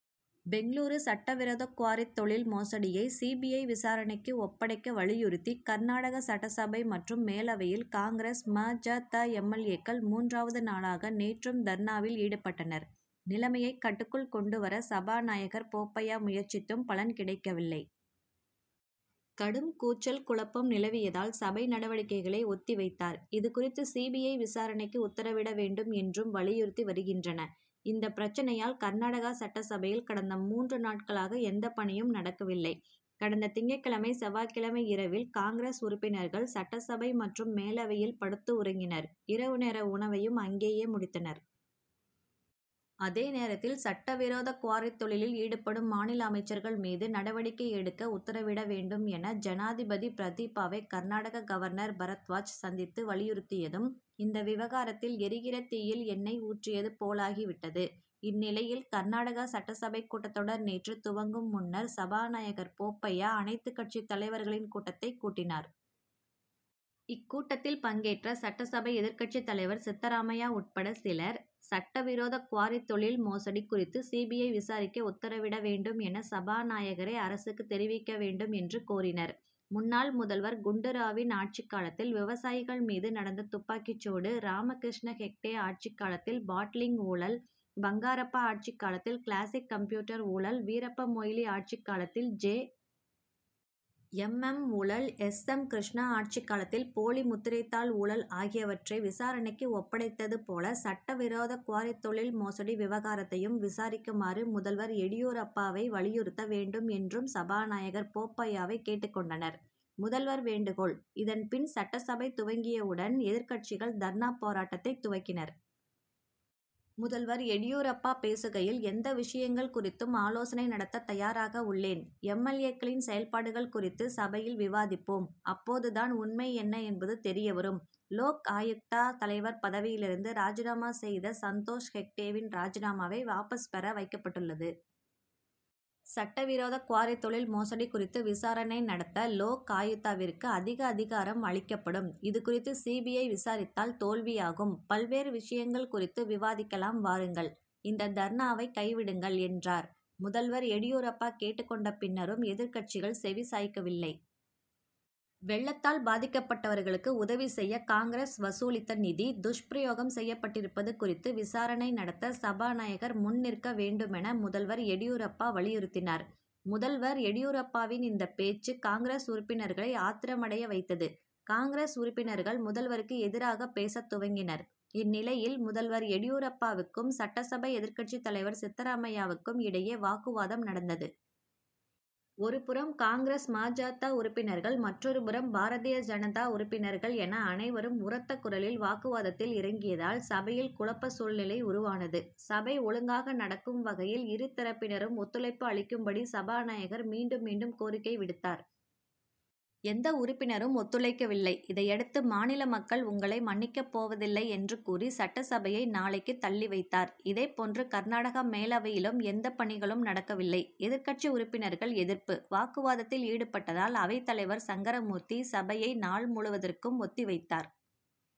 பெங்களூரு சட்ட விரோத குவாரி தொழில் மோசடியை சி. பி. ஐ., விசாரணைக்கு ஒப்படைக்க வலியுறுத்தி, கர்நாடகா சட்டசபை மற்றும் மேலவையில் காங்கிரஸ், ம. ஜ. த., எம். எல். ஏ.,க்கள் மூன்றாவது நாளாக நேற்றும் தர்ணாவில் ஈடுபட்டனர். நிலைமையை கட்டுக்குள் கொண்டு வர சபாநாயகர் போப்பய்யா முயற்சித்தும் பலன் கிடைக்கவில்லை. கடும் கூச்சல், குழப்பம் நிலவியதால், சபை நடவடிக்கைகளை ஒத்தி வைத்தார். இது குறித்து சி. பி. ஐ., விசாரணைக்கு உத்தரவிட வேண்டும் என்றும் வலியுறுத்தி வருகின்றன. இந்தப் பிரச்னையால், கர்நாடகா சட்டசபையில் கடந்த மூன்று நாட்களாக எந்த பணியும் நடக்கவில்லை. கடந்த திங்கட்கிழமை, செவ்வாய் கிழமை இரவில் காங்கிரஸ் உறுப்பினர்கள், சட்டசபை மற்றும் மேலவையில் படுத்து உறங்கினர்; இரவு நேர உணவையும் அங்கேயே முடித்தனர். அதே நேரத்தில், சட்ட விரோத குவாரி தொழிலில் ஈடுபடும் மாநில அமைச்சர்கள் மீது நடவடிக்கை எடுக்க உத்தரவிட வேண்டும் என, ஜனாதிபதி பிரதிபாவை கர்நாடக கவர்னர் பரத்வாஜ் சந்தித்து வலியுறுத்தியதும், இந்த விவகாரத்தில் எரிகிற தீயில் எண்ணெய் ஊற்றியது போலாகிவிட்டது. இந்நிலையில், கர்நாடகா சட்டசபை கூட்டத்தொடர் நேற்று துவங்கும் முன்னர் சபாநாயகர் போப்பய்யா, அனைத்து கட்சித் தலைவர்களின் கூட்டத்தைக் கூட்டினார். இக்கூட்டத்தில் பங்கேற்ற சட்டசபை எதிர்க்கட்சித் தலைவர் சித்தராமையா உட்பட சிலர், சட்ட விரோத குவாரி தொழில் மோசடி குறித்து சி. பி. ஐ., விசாரிக்க உத்தரவிட வேண்டும் என, சபாநாயகரே அரசுக்கு தெரிவிக்க வேண்டும் என்று கோரினர். முன்னாள் முதல்வர் குண்டு ராவின் ஆட்சிக் காலத்தில் விவசாயிகள் மீது நடந்த துப்பாக்கிச் சூடு, ராமகிருஷ்ண ஹெக்டே ஆட்சிக் காலத்தில் பாட்டிலிங் ஊழல், பங்காரப்பா ஆட்சிக் காலத்தில் கிளாசிக் கம்ப்யூட்டர் ஊழல், வீரப்ப மொய்லி ஆட்சிக் காலத்தில் ஜெ. எம். எம்., ஊழல், எஸ். எம். கிருஷ்ணா ஆட்சிக் காலத்தில் போலி முத்திரைத்தாள் ஊழல் ஆகியவற்றை விசாரணைக்கு ஒப்படைத்தது போல, சட்ட விரோத குவாரி தொழில் மோசடி விவகாரத்தையும் விசாரிக்குமாறு முதல்வர் எடியூரப்பாவை வற்புறுத்த வேண்டும் என்றும் சபாநாயகர் போப்பய்யாவை கேட்டுக் கொண்டனர். முதல்வர் வேண்டுகோள் இதன் பின், சட்டசபை துவங்கியவுடன் எதிர்க்கட்சிகள் தர்ணா போராட்டத்தை துவக்கினர். முதல்வர் எடியூரப்பா பேசுகையில், எந்த விஷயங்கள் குறித்தும் ஆலோசனை நடத்த தயாராக உள்ளேன். எம். எல். ஏ.,க்களின் செயல்பாடுகள் குறித்து சபையில் விவாதிப்போம்; அப்போது தான் உண்மை என்ன என்பது தெரியவரும். லோக் ஆயுக்தா தலைவர் பதவியிலிருந்து ராஜினாமா செய்த சந்தோஷ் ஹெக்டேவின் ராஜினாமாவை வாபஸ் பெற வைக்கப்பட்டுள்ளது. சட்ட விரோத குவாரி தொழில் மோசடி குறித்து விசாரணை நடத்த, லோக் ஆயுக்தாவிற்கு அதிக அதிகாரம் அளிக்கப்படும். இது குறித்து சி. பி. ஐ., விசாரித்தால் தோல்வியாகும். பல்வேறு விஷயங்கள் குறித்து விவாதிக்கலாம் வாருங்கள்; இந்த தர்ணாவை கைவிடுங்கள், என்றார். முதல்வர் எடியூரப்பா கேட்டுக் கொண்ட பின்னரும், எதிர்க்கட்சிகள் செவி சாய்க்கவில்லை. வெள்ளத்தால் பாதிக்கப்பட்டவர்களுக்கு உதவி செய்ய காங்கிரஸ் வசூலித்த நிதி துஷ்பிரயோகம் செய்யப்பட்டிருப்பது குறித்து விசாரணை நடத்த, சபாநாயகர் முன் நிற்க வேண்டுமென முதல்வர் எடியூரப்பா வலியுறுத்தினார். முதல்வர் எடியூரப்பாவின் இந்த பேச்சு, காங்கிரஸ் உறுப்பினர்களை ஆத்திரமடையவைத்தது. காங்கிரஸ் உறுப்பினர்கள், முதல்வருக்கு எதிராக பேசத் துவங்கினர். இந்நிலையில், முதல்வர் எடியூரப்பாவுக்கும், சட்டசபை எதிர்க்கட்சித் தலைவர் சித்தராமையாவுக்கும் இடையே வாக்குவாதம் நடந்தது. ஒரு புறம் காங்கிரஸ், ம. ஜ. த., உறுப்பினர்கள், மற்றொரு புறம் பாரதிய ஜனதா உறுப்பினர்கள் என அனைவரும் உரத்த குரலில் வாக்குவாதத்தில் இறங்கியதால், சபையில் குழப்ப சூழ்நிலை உருவானது. சபை ஒழுங்காக நடக்கும் வகையில் இரு தரப்பினரும் ஒத்துழைப்பு அளிக்கும்படி சபாநாயகர் மீண்டும் மீண்டும் கோரிக்கை விடுத்தார். எந்த உறுப்பினரும் ஒத்துழைக்கவில்லை. இதையடுத்து, மாநில மக்கள் உங்களை மன்னிக்கப் போவதில்லை என்று கூறி, சட்டசபையை நாளைக்கு தள்ளி வைத்தார். இதே போன்று கர்நாடகா மேலவையிலும் எந்த பணிகளும் நடக்கவில்லை. எதிர்க்கட்சி உறுப்பினர்கள் எதிர்ப்பு, வாக்குவாதத்தில் ஈடுபட்டதால் அவைத் தலைவர் சங்கரமூர்த்தி, சபையை நாள் முழுவதற்கும் ஒத்தி வைத்தார்.